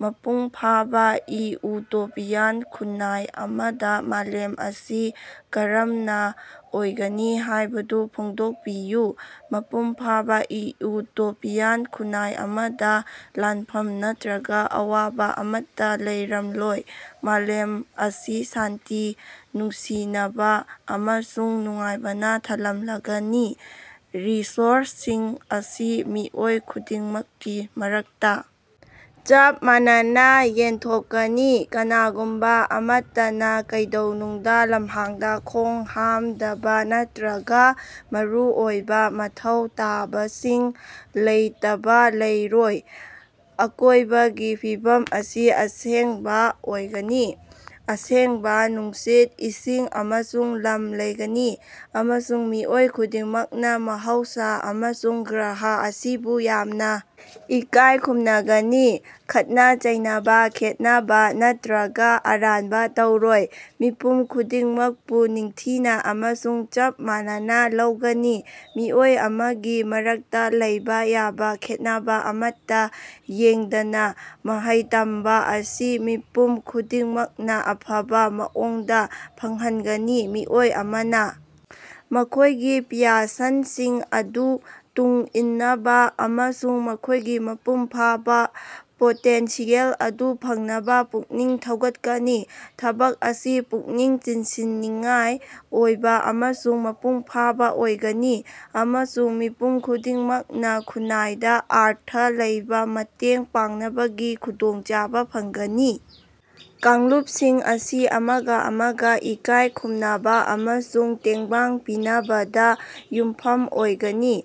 ꯃꯄꯨꯡ ꯐꯥꯕꯥ ꯏꯎꯇꯣꯄꯤꯌꯥꯟ ꯈꯨꯟꯅꯥꯏ ꯑꯃꯗ ꯃꯥꯂꯦꯝ ꯑꯁꯤ ꯀꯔꯝꯅ ꯑꯣꯏꯒꯅꯤ ꯍꯥꯢꯕꯗꯨ ꯐꯣꯡꯗꯣꯛꯄꯤꯌꯨ꯫ ꯃꯄꯨꯡ ꯐꯥꯕ ꯏꯎꯇꯣꯄꯤꯌꯥꯟ ꯈꯨꯟꯅꯥꯏ ꯑꯃꯗ ꯂꯥꯟꯐꯝ ꯅꯠꯇ꯭ꯔꯒ ꯑꯋꯥꯕ ꯑꯃꯠꯇ ꯂꯩꯔꯝꯂꯣꯏ꯫ ꯃꯥꯂꯦꯝ ꯑꯁꯤ ꯁꯥꯟꯇꯤ, ꯅꯨꯡꯁꯤꯅꯕꯥ ꯑꯃꯁꯨꯡ ꯅꯨꯡꯉꯥꯏꯕꯅ ꯊꯜꯂꯝꯂꯒꯅꯤ꯫ ꯔꯤꯁꯣꯔꯁꯁꯤꯡ ꯑꯁꯤ ꯃꯤꯑꯣꯏ ꯈꯨꯗꯤꯡꯃꯛꯀꯤ ꯃꯔꯛꯇꯥ ꯆꯞ ꯃꯥꯟꯅꯅ ꯌꯦꯟꯊꯣꯛꯀꯅꯤ ꯀꯅꯥꯒꯨꯝꯕ ꯑꯃꯠꯇꯅ ꯀꯩꯗꯧꯅꯨꯡꯗ ꯂꯝꯍꯥꯡꯗ ꯈꯣꯡꯍꯥꯝꯗꯕ ꯅꯠꯇ꯭ꯔꯒ ꯃꯔꯨꯑꯣꯏꯕ ꯃꯊꯧ ꯇꯥꯕꯁꯤꯡ ꯂꯩꯇꯕ ꯂꯩꯔꯣꯏ꯫ ꯑꯀꯣꯢꯕꯒꯤ ꯐꯤꯕꯝ ꯑꯁꯤ ꯑꯁꯦꯡꯕ ꯑꯣꯏꯒꯅꯤ ꯑꯁꯦꯡꯕ ꯅꯨꯡꯁꯤꯠ, ꯏꯁꯤꯡ ꯑꯃꯁꯨꯡ ꯂꯝ ꯂꯩꯒꯅꯤ ꯑꯃꯁꯨꯡ ꯃꯤꯑꯣꯏ ꯈꯨꯗꯤꯡꯃꯛꯅ ꯃꯍꯧꯁꯥ ꯑꯃꯁꯨꯡ ꯒ꯭ꯔꯍ ꯑꯁꯤꯕꯨ ꯌꯥꯝꯅ ꯏꯀꯥꯢ ꯈꯨꯝꯅꯒꯅꯤ꯫ ꯈꯠꯅ ꯆꯩꯅꯕ, ꯈꯦꯟꯅꯕꯥ ꯅꯠꯇ꯭ꯔꯒ ꯑꯔꯥꯟꯕ ꯇꯧꯔꯣꯏ꯫ ꯃꯤꯄꯨꯝ ꯈꯨꯗꯤꯡꯃꯛꯄꯨ ꯅꯤꯡꯊꯤꯅ ꯑꯃꯁꯨꯡ ꯆꯞ ꯃꯥꯟꯅꯅ ꯂꯧꯒꯅꯤ ꯃꯤꯑꯣꯏ ꯑꯃꯒꯤ ꯃꯔꯛꯇ ꯂꯩꯕꯥ ꯌꯥꯕ ꯈꯦꯠꯅꯕ ꯑꯃꯠꯇ ꯌꯦꯡꯗꯅ꯫ ꯃꯍꯩ ꯇꯝꯕ ꯑꯁꯤ ꯃꯤꯄꯨꯝ ꯈꯨꯗꯤꯡꯃꯛꯅ ꯑꯐꯕ ꯃꯑꯣꯡꯗ ꯐꯪꯍꯟꯒꯅꯤ ꯃꯤꯑꯣꯏ ꯑꯃꯅ ꯃꯈꯣꯢꯒꯤ ꯄ꯭ꯌꯥꯁꯟꯁꯤꯡ ꯑꯗꯨ ꯇꯨꯡ ꯏꯟꯅꯕ ꯑꯃꯁꯨꯡ ꯃꯈꯣꯢꯒꯤ ꯃꯄꯨꯡ ꯐꯥꯕ ꯄꯣꯇꯦꯟꯁꯤꯌꯦꯜ ꯑꯗꯨ ꯐꯪꯅꯕ ꯄꯨꯛꯅꯤꯡ ꯊꯧꯒꯠꯀꯅꯤ꯫ ꯊꯕꯛ ꯑꯁꯤ ꯄꯨꯛꯅꯤꯡ ꯆꯤꯡꯁꯤꯟꯅꯤꯡꯉꯥꯏ ꯑꯣꯏꯕ ꯑꯃꯁꯨꯡ ꯃꯄꯨꯡ ꯐꯥꯕ ꯑꯣꯏꯒꯅꯤ ꯑꯃꯁꯨꯡ ꯃꯤꯄꯨꯝ ꯈꯨꯗꯤꯡꯃꯛꯅ ꯈꯨꯟꯅꯥꯏꯗ ꯑꯔꯊ ꯂꯩꯕꯥ ꯃꯇꯦꯡ ꯄꯥꯡꯅꯕꯒꯤ ꯈꯨꯗꯣꯡꯆꯥꯕ ꯐꯪꯒꯅꯤ꯫ ꯀꯥꯡꯂꯨꯞꯁꯤꯡ ꯑꯁꯤ ꯑꯃꯒ ꯑꯃꯒ ꯏꯀꯥꯏ ꯈꯨꯝꯅꯕ ꯑꯃꯁꯨꯡ ꯇꯦꯡꯕꯥꯡ ꯄꯤꯅꯕꯗ ꯌꯨꯝꯐꯝ ꯑꯣꯏꯒꯅꯤ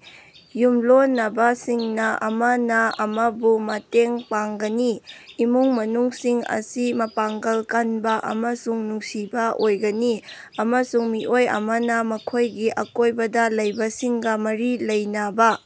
ꯌꯨꯝꯂꯣꯟꯅꯕꯁꯤꯡꯅ ꯑꯃꯅ ꯑꯃꯕꯨ ꯃꯇꯦꯡ ꯄꯥꯡꯒꯅꯤ ꯫ ꯏꯃꯨꯡ ꯃꯅꯨꯡꯁꯤꯡ ꯑꯁꯤ ꯃꯄꯥꯡꯒꯜ ꯀꯟꯕ ꯑꯃꯁꯨꯡ ꯅꯨꯡꯁꯤꯕ ꯑꯣꯏꯒꯅꯤ ꯑꯃꯁꯨꯡ ꯃꯤꯑꯣꯏ ꯑꯃꯅ ꯃꯈꯣꯢꯒꯤ ꯑꯀꯣꯢꯕꯗ ꯂꯩꯕꯁꯤꯡꯒ ꯃꯔꯤ ꯂꯩꯅꯕ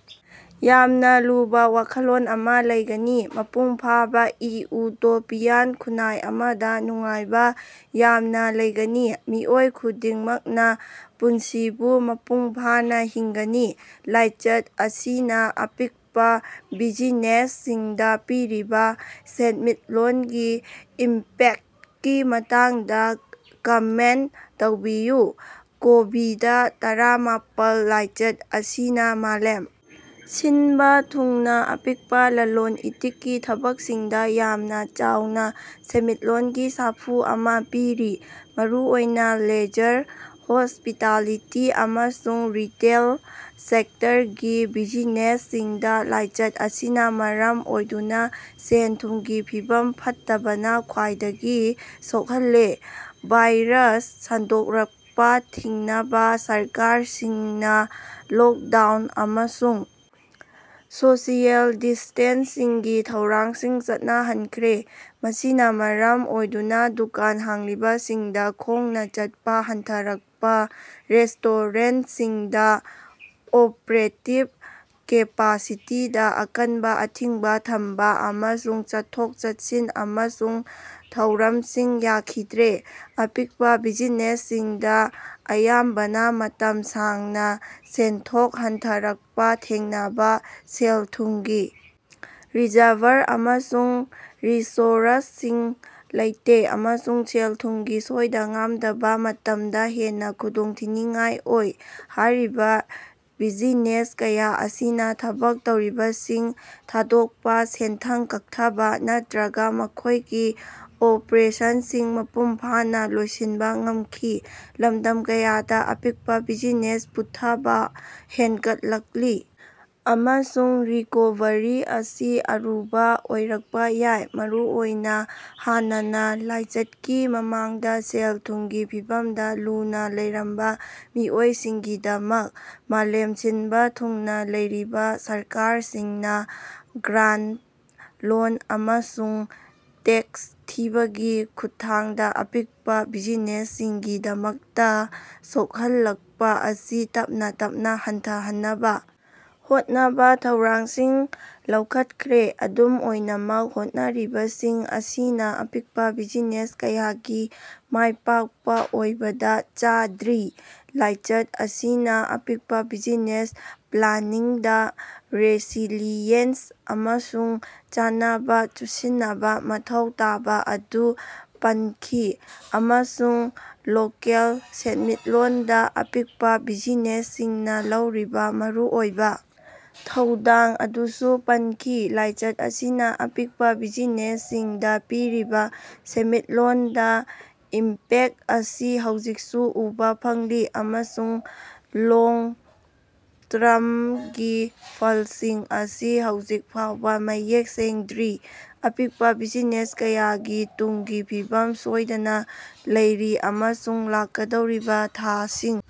ꯌꯥꯝꯅ ꯂꯨꯕ ꯋꯥꯈꯜꯂꯣꯟ ꯑꯃ ꯂꯩꯒꯅꯤ꯫ ꯃꯄꯨꯡ ꯐꯥꯕ ꯏꯎꯇꯣꯄꯤꯌꯥꯟ ꯈꯨꯟꯅꯥꯏ ꯑꯃꯗ ꯅꯨꯡꯉꯥꯏꯕ ꯌꯥꯝꯅꯥ ꯂꯩꯒꯅꯤ ꯃꯤꯑꯣꯏ ꯈꯨꯗꯤꯡꯃꯛꯅ ꯄꯨꯟꯁꯤꯕꯨ ꯃꯄꯨꯡ ꯐꯥꯅ ꯍꯤꯡꯒꯅꯤ꯫ ꯂꯥꯏꯆꯠ ꯑꯁꯤꯅ ꯑꯄꯤꯛꯄ ꯕꯤꯖꯤꯅꯦꯁꯁꯤꯡꯗ ꯄꯤꯔꯤꯕ ꯁꯦꯟꯃꯤꯠꯂꯣꯟꯒꯤ ꯏꯝꯄꯦꯛꯇꯀꯤ ꯃꯇꯥꯡꯗ ꯀꯃꯦꯟꯇ ꯇꯧꯕꯤꯌꯨ꯫ ꯀꯣꯕꯤꯗ-ꯇꯔꯥꯃꯥꯄꯜ ꯂꯥꯏꯆꯠ ꯑꯁꯤꯅ ꯃꯥꯂꯦꯝ ꯁꯤꯟꯕ ꯊꯨꯡꯅ ꯑꯄꯤꯛꯄ ꯂꯂꯣꯟ-ꯏꯇꯤꯛꯀꯤ ꯊꯕꯛꯁꯤꯡꯗ ꯌꯥꯝꯅ ꯆꯥꯎꯅ ꯁꯦꯟꯃꯤꯠꯂꯣꯟꯒꯤ ꯁꯥꯐꯨ ꯑꯃ ꯄꯤꯔꯤ꯫ ꯃꯔꯨꯑꯣꯏꯅ ꯂꯦꯖꯔ, ꯍꯣꯁ꯭ꯄꯤꯇꯥꯂꯤꯇꯤ ꯑꯃꯁꯨꯡ ꯔꯤꯇꯦꯜ ꯁꯦꯛꯇꯔꯒꯤ ꯕꯤꯖꯤꯅꯦꯁꯁꯤꯡꯗ ꯂꯥꯏꯆꯠ ꯑꯁꯤꯅ ꯃꯔꯝ ꯑꯣꯏꯗꯨꯅ ꯁꯦꯟ-ꯊꯨꯝꯒꯤ ꯐꯤꯕꯝ ꯐꯠꯇꯕꯅ ꯈ꯭ꯋꯥꯏꯗꯒꯤ ꯁꯣꯛꯍꯜꯂꯦ꯫ ꯚꯥꯏꯔꯁ ꯁꯟꯗꯣꯔꯛꯄ ꯊꯤꯡꯅꯕ ꯁꯔꯀꯥꯔꯁꯤꯡꯅ ꯂꯣꯛꯗꯥꯎꯟ ꯑꯃꯁꯨꯡ ꯁꯣꯁꯤꯑꯦꯜ ꯗꯤꯁꯇꯦꯟꯁꯤꯡꯒꯤ ꯊꯧꯔꯥꯡꯁꯤꯡ ꯆꯠꯅꯍꯟꯈ꯭ꯔꯦ ꯃꯁꯤꯅ ꯃꯔꯝ ꯑꯣꯏꯗꯨꯅ ꯗꯨꯀꯥꯟ ꯍꯥꯡꯂꯤꯕꯁꯤꯡꯗ ꯈꯣꯡꯅ ꯆꯠꯄ ꯍꯟꯊꯔꯛꯄ ꯔꯦꯁꯇꯣꯔꯦꯟꯇꯁꯤꯡꯗ ꯑꯣꯄꯔꯦꯇꯤꯡ ꯀꯦꯄꯥꯁꯤꯇꯤꯗꯥ ꯑꯀꯟꯕ ꯑꯊꯤꯡꯕ ꯊꯝꯕ ꯑꯃꯁꯨꯡ ꯆꯠꯊꯣꯛ-ꯆꯠꯁꯤꯟ ꯑꯃꯁꯨꯡ ꯊꯧꯔꯝꯁꯤꯡ ꯌꯥꯈꯤꯗ꯭ꯔꯦ ꯫ ꯑꯄꯤꯛꯄ ꯕꯤꯖꯤꯅꯦꯁꯁꯤꯡꯗ ꯑꯌꯥꯝꯕꯅ ꯃꯇꯝ ꯁꯥꯡꯅ ꯁꯦꯟꯊꯣꯛ ꯍꯟꯊꯔꯛꯄ ꯊꯦꯡꯅꯕ ꯁꯦꯜ-ꯊꯨꯝꯒꯤ ꯔꯤꯖꯔꯚꯔ ꯑꯃꯁꯨꯡ ꯔꯤꯁꯣꯔꯁꯁꯤꯡ ꯂꯩꯇꯦ ꯑꯃꯁꯨꯡ ꯁꯦꯜ-ꯊꯨꯝꯒꯤ ꯁꯣꯏꯗ-ꯉꯥꯝꯗꯕ ꯃꯇꯝꯗ ꯍꯦꯟꯅ ꯈꯨꯗꯣꯡꯊꯤꯅꯤꯡꯉꯥꯏ ꯑꯣꯏ꯫ ꯍꯥꯢꯔꯤꯕꯥ ꯕꯤꯖꯤꯅꯦꯁ ꯀꯌꯥ ꯑꯁꯤꯅ ꯊꯕꯛ ꯇꯧꯔꯤꯕꯁꯤꯡ ꯊꯥꯗꯣꯛꯄ, ꯁꯦꯟꯊꯪ ꯀꯛꯊꯕ ꯅꯠꯇ꯭ꯔꯒꯥ ꯃꯈꯣꯢꯒꯤ ꯑꯣꯄꯔꯦꯁꯟꯁꯤꯡ ꯃꯄꯨꯡ ꯐꯥꯅ ꯂꯣꯏꯁꯤꯟꯕ ꯉꯝꯈꯤ꯫ ꯂꯝꯗꯝ ꯀꯌꯥꯗ ꯑꯄꯤꯛꯄ ꯕꯤꯖꯤꯅꯦꯁ ꯄꯨꯊꯕ ꯍꯦꯟꯒꯠꯂꯛꯂꯤ ꯑꯃꯁꯨꯡ ꯔꯤꯀꯣꯚꯔꯤ ꯑꯁꯤ ꯑꯔꯨꯕꯥ ꯑꯣꯏꯔꯛꯄ ꯌꯥꯏ ꯃꯔꯨꯑꯣꯏꯅ ꯍꯥꯟꯅꯅꯥ ꯂꯥꯏꯆꯠꯀꯤ ꯃꯃꯥꯡꯗ ꯁꯦꯜ-ꯊꯨꯝꯒꯤ ꯐꯤꯚꯝꯗ ꯂꯨꯅ ꯂꯩꯔꯝꯕ ꯃꯤꯑꯣꯏꯁꯤꯡꯒꯤꯗꯃꯛ꯫ ꯃꯥꯂꯦꯝ ꯁꯤꯟꯕ ꯊꯨꯡꯅ ꯂꯩꯔꯤꯕ ꯁꯔꯀꯥꯔꯁꯤꯡꯅ ꯒ꯭ꯔꯥꯟꯇ, ꯂꯣꯟ ꯑꯃꯁꯨꯡ ꯇꯦꯛꯁ ꯊꯤꯕꯒꯤ ꯈꯨꯠꯊꯥꯡꯗ ꯑꯄꯤꯛꯄ ꯕꯤꯖꯤꯅꯦꯁꯁꯤꯡꯒꯤꯗꯃꯛꯇ ꯁꯣꯛꯍꯜꯂꯛꯄ ꯑꯁꯤ ꯇꯞꯅ ꯇꯞꯅ ꯍꯟꯊꯍꯟꯅꯕ ꯍꯣꯠꯅꯕ ꯊꯧꯔꯥꯡꯁꯤꯡ ꯂꯧꯈꯠꯈ꯭ꯔꯦ꯫ ꯑꯗꯨꯝ ꯑꯣꯏꯅꯃꯛ ꯍꯣꯠꯅꯔꯤꯕꯁꯤꯡ ꯑꯁꯤꯅ ꯑꯄꯤꯛꯄ ꯕꯤꯖꯤꯅꯦꯁ ꯀꯌꯥꯒꯤ ꯃꯥꯏꯄꯥꯛꯄ ꯑꯣꯏꯕꯗ ꯆꯥꯗ꯭ꯔꯤ꯫ ꯂꯥꯏꯆꯠ ꯑꯁꯤꯅ ꯑꯄꯤꯛꯄ ꯕꯤꯖꯤꯅꯦꯁ ꯄ꯭ꯂꯥꯅꯤꯡꯗ ꯔꯦꯁꯤꯂꯤꯌꯦꯟꯁ ꯑꯃꯁꯨꯡ ꯆꯥꯅꯕ ꯆꯨꯁꯟꯅꯕ ꯃꯊꯧ ꯇꯥꯕ ꯑꯗꯨ ꯄꯟꯈꯤ ꯑꯃꯁꯨꯡ ꯂꯣꯀꯦꯜ ꯁꯦꯟꯃꯤꯠꯂꯣꯟꯗ ꯑꯄꯤꯛꯄ ꯕꯤꯖꯤꯅꯦꯁꯁꯤꯡꯅ ꯂꯧꯔꯤꯕ ꯃꯔꯨꯑꯣꯏꯕꯥ ꯊꯧꯗꯥꯡ ꯑꯗꯨꯁꯨ ꯄꯟꯈꯤ꯫ ꯂꯥꯏꯆꯠ ꯑꯁꯤꯅ ꯑꯄꯤꯛꯄ ꯕꯤꯖꯤꯅꯦꯁꯁꯤꯡꯗ ꯄꯤꯔꯤꯕ ꯁꯦꯟꯃꯤꯠꯂꯣꯟꯗ ꯏꯝꯄꯦꯛꯇ ꯑꯁꯤ ꯍꯧꯖꯤꯛꯁꯨ ꯎꯕꯥ ꯐꯪꯂꯤ ꯑꯃꯁꯨꯡ ꯂꯣꯡ ꯇꯔ꯭ꯃꯒꯤ ꯐꯜꯁꯤꯡ ꯑꯁꯤ ꯍꯧꯖꯤꯛ ꯐꯥꯎꯕ ꯃꯌꯦꯛ ꯁꯦꯡꯗ꯭ꯔꯤ꯫ ꯑꯄꯤꯛꯄ ꯕꯤꯖꯤꯅꯦꯁ ꯀꯌꯥꯒꯤ ꯇꯨꯡꯒꯤ ꯐꯤꯕꯝ ꯁꯣꯏꯗꯅꯥ ꯂꯩꯔꯤ ꯑꯃꯁꯨꯡ ꯂꯥꯛꯀꯗꯧꯔꯤꯕꯥ ꯊꯥꯁꯤꯡ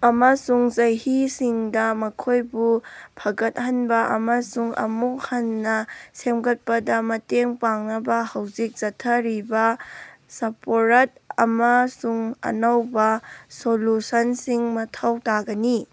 ꯑꯃꯁꯨꯡ ꯆꯍꯤꯁꯤꯡꯗꯥ ꯃꯈꯣꯢꯕꯨ ꯐꯒꯠꯍꯟꯕ ꯑꯃꯁꯨꯡ ꯑꯃꯨꯛ ꯍꯟꯅ ꯁꯦꯝꯒꯠꯄꯗ ꯃꯇꯦꯡ ꯄꯥꯡꯅꯕ ꯍꯧꯖꯤꯛ ꯆꯠꯊꯔꯤꯕ ꯁꯄꯣꯔꯠ ꯑꯃꯁꯨꯡ ꯑꯅꯧꯕꯥ ꯁꯣꯂꯨꯁꯟꯁꯤꯡ ꯃꯊꯧ ꯇꯥꯒꯅꯤ꯫